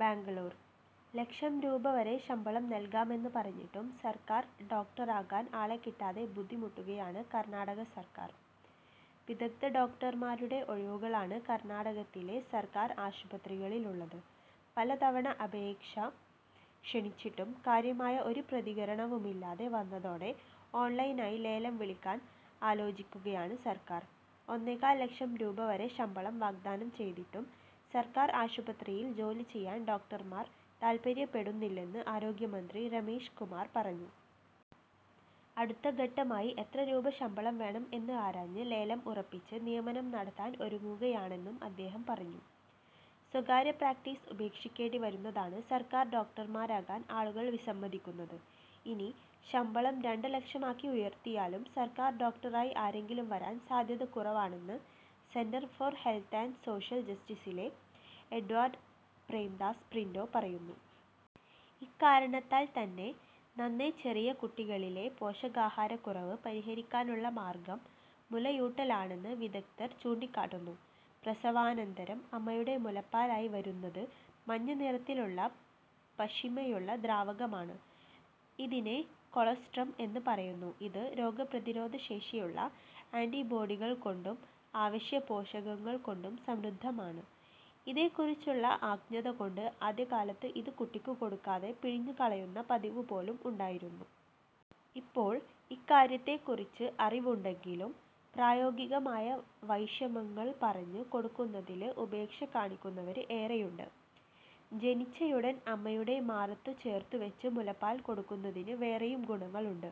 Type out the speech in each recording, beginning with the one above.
ബെംഗളൂരു: ലക്ഷം രൂപ വരെ ശമ്പളം നല്കാമെന്ന് പറഞ്ഞിട്ടും സര്ക്കാര് ഡോക്ടറാകാന് ആളെ കിട്ടാതെ ബുദ്ധിമുട്ടുകയാണ് കര്ണാടക സര്ക്കാര്. വിദഗ്ധ ഡോക്ടര്മാരുടെ ഒഴിവുകളാണ് കര്ണാടകത്തിലെ സര്ക്കാര് ആശുപത്രികളിലുള്ളത്. പലതവണ അപേക്ഷ ക്ഷണിച്ചിട്ടും കാര്യമായ ഒരു പ്രതികരണവുമില്ലാതെ വന്നതോടെ ഓണ്ലൈനായി ലേലം വിളിക്കാന് ആലോചിക്കുകയാണ് സര്ക്കാര്. ഒന്നേകാല് ലക്ഷം രൂപ വരെ ശമ്പളം വാഗ്ദാനം ചെയ്തിട്ടും സര്ക്കാര് ആശുപത്രിയില് ജോലി ചെയ്യാന് ഡോക്ടര്മാര് താത്പര്യപ്പെടുന്നില്ലെന്ന് ആരോഗ്യമന്ത്രി രമേശ് കുമാര് പറഞ്ഞു. അടുത്ത ഘട്ടമായി എത്ര രൂപ ശമ്പളം വേണം എന്ന് ആരാഞ്ഞ് ലേലം ഉറപ്പിച്ച് നിയമനം നടത്താന് ഒരുങ്ങുകയാണെന്നും അദ്ദേഹം പറഞ്ഞു. സ്വകാര്യ പ്രാക്ടീസ് ഉപേക്ഷിക്കേണ്ടി വരുന്നതാണ് സര്ക്കാര് ഡോക്ടര്മാരാകാന് ആളുകള് വിസമ്മതിക്കുന്നത്. ഇനി ശമ്പളം രണ്ട് ലക്ഷം ആക്കി ഉയര്ത്തിയാലും സര്ക്കാര് ഡോക്ടറായി ആരെങ്കിലും വരാന് സാധ്യത കുറവാണെന്ന് Centre for Health and Social ജസ്റ്റിസിലെ എഡ്വാര്ഡ് പ്രേംദാസ് പിന്റോ പറയുന്നു. ഇക്കാരണത്താല്ത്തന്നെ നന്നേ ചെറിയ കുട്ടികളിലെ പോഷകാഹാരക്കുറവ് പരിഹരിക്കാനുള്ള മാര്ഗം മുലയൂട്ടലാണെന്ന് വിദഗ്ധര് ചൂണ്ടിക്കാട്ടുന്നു. പ്രസവാനന്തരം അമ്മയുടെ മുലപ്പാലായി വരുന്നത് മഞ്ഞനിറത്തിലുള്ള പശിമയുള്ള ദ്രാവകമാണ്. ഇതിനെ കൊളസ്ട്രം എന്നുപറയുന്നു. ഇത് രോഗപ്രതിരോധ ശേഷിയുള്ള ആന്റിബോഡികള്കൊണ്ടും അവശ്യപോഷകങ്ങള്കൊണ്ടും സമൃദ്ധമാണ്. ഇതേക്കുറിച്ചുള്ള അജ്ഞതകൊണ്ട് ആദ്യകാലത്ത് ഇത് കുട്ടിക്ക് കൊടുക്കാതെ പിഴിഞ്ഞ് കളയുന്ന പതിവുപോലും ഉണ്ടായിരുന്നു. ഇപ്പോള് ഇക്കാര്യത്തെക്കുറിച്ച് അറിവുണ്ടെങ്കിലും പ്രായോഗികമായ വൈഷമ്യങ്ങള്പറഞ്ഞ് കൊടുക്കുന്നതില് ഉപേക്ഷ കാണിക്കുന്നവര് ഏറെയുണ്ട്. ജനിച്ചയുടന് അമ്മയുടെ മാറത്തുചേര്ത്തുവെച്ച് മുലപ്പാല് കൊടുക്കുന്നതിന് വേറെയും ഗുണങ്ങളുണ്ട്.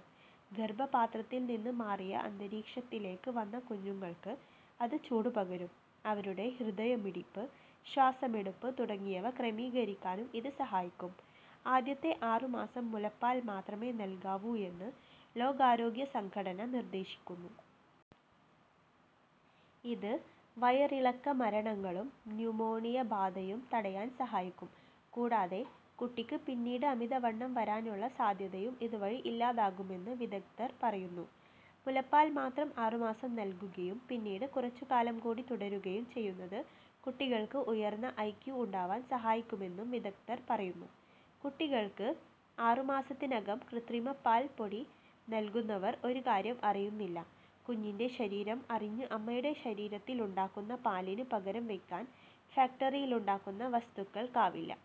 ഗര്ഭപാത്രത്തില്നിന്ന് മാറിയ അന്തരീക്ഷത്തിലേക്ക് വന്ന കുഞ്ഞുങ്ങള്ക്ക് അത് ചൂടുപകരും. അവരുടെ ഹൃദയമിടിപ്പ്, ശ്വാസമെടുപ്പ് തുടങ്ങിയവ ക്രമീകരിക്കാനും ഇത് സഹായിക്കും. ആദ്യത്തെ ആറുമാസം മുലപ്പാല്മാത്രമേ നല്കാവൂയെന്ന് ലോകാരോഗ്യസംഘടന നിര്ദേശിക്കുന്നു. ഇത് വയറിളക്കമരണങ്ങളും ന്യൂമോണിയബാധയും തടയാന് സഹായിക്കും. കൂടാതെ, കുട്ടിക്ക് പിന്നീട് അമിതവണ്ണം വരാനുള്ള സാധ്യതയും ഇതുവഴി ഇല്ലാതാകുമെന്ന് വിദഗ്ധര് പറയുന്നു. മുലപ്പാല്മാത്രം ആറുമാസം നല്കുകയും പിന്നീട് കുറച്ചുകാലംകൂടി തുടരുകയും ചെയ്യുന്നത് കുട്ടികള്ക്ക് ഉയര്ന്ന ഐ. ക്യൂ. ഉണ്ടാകാന് സഹായിക്കുമെന്നും വിദഗ്ധര് പറയുന്നു. കുട്ടികള്ക്ക് അറുമാസത്തിനകം കൃത്രമപാല്പ്പൊടി നല്കുന്നവര് ഒരുകാര്യം അറിയുന്നില്ല, കുഞ്ഞിന്റെ ശരീരം അറിഞ്ഞ് അമ്മയുടെ ശരീരത്തിലുണ്ടാകുന്ന പാലിന് പകരംവെയ്ക്കാന് ഫാക്ടറിയിലുണ്ടാക്കുന്ന വസ്തുക്കള്ക്കാവില്ല.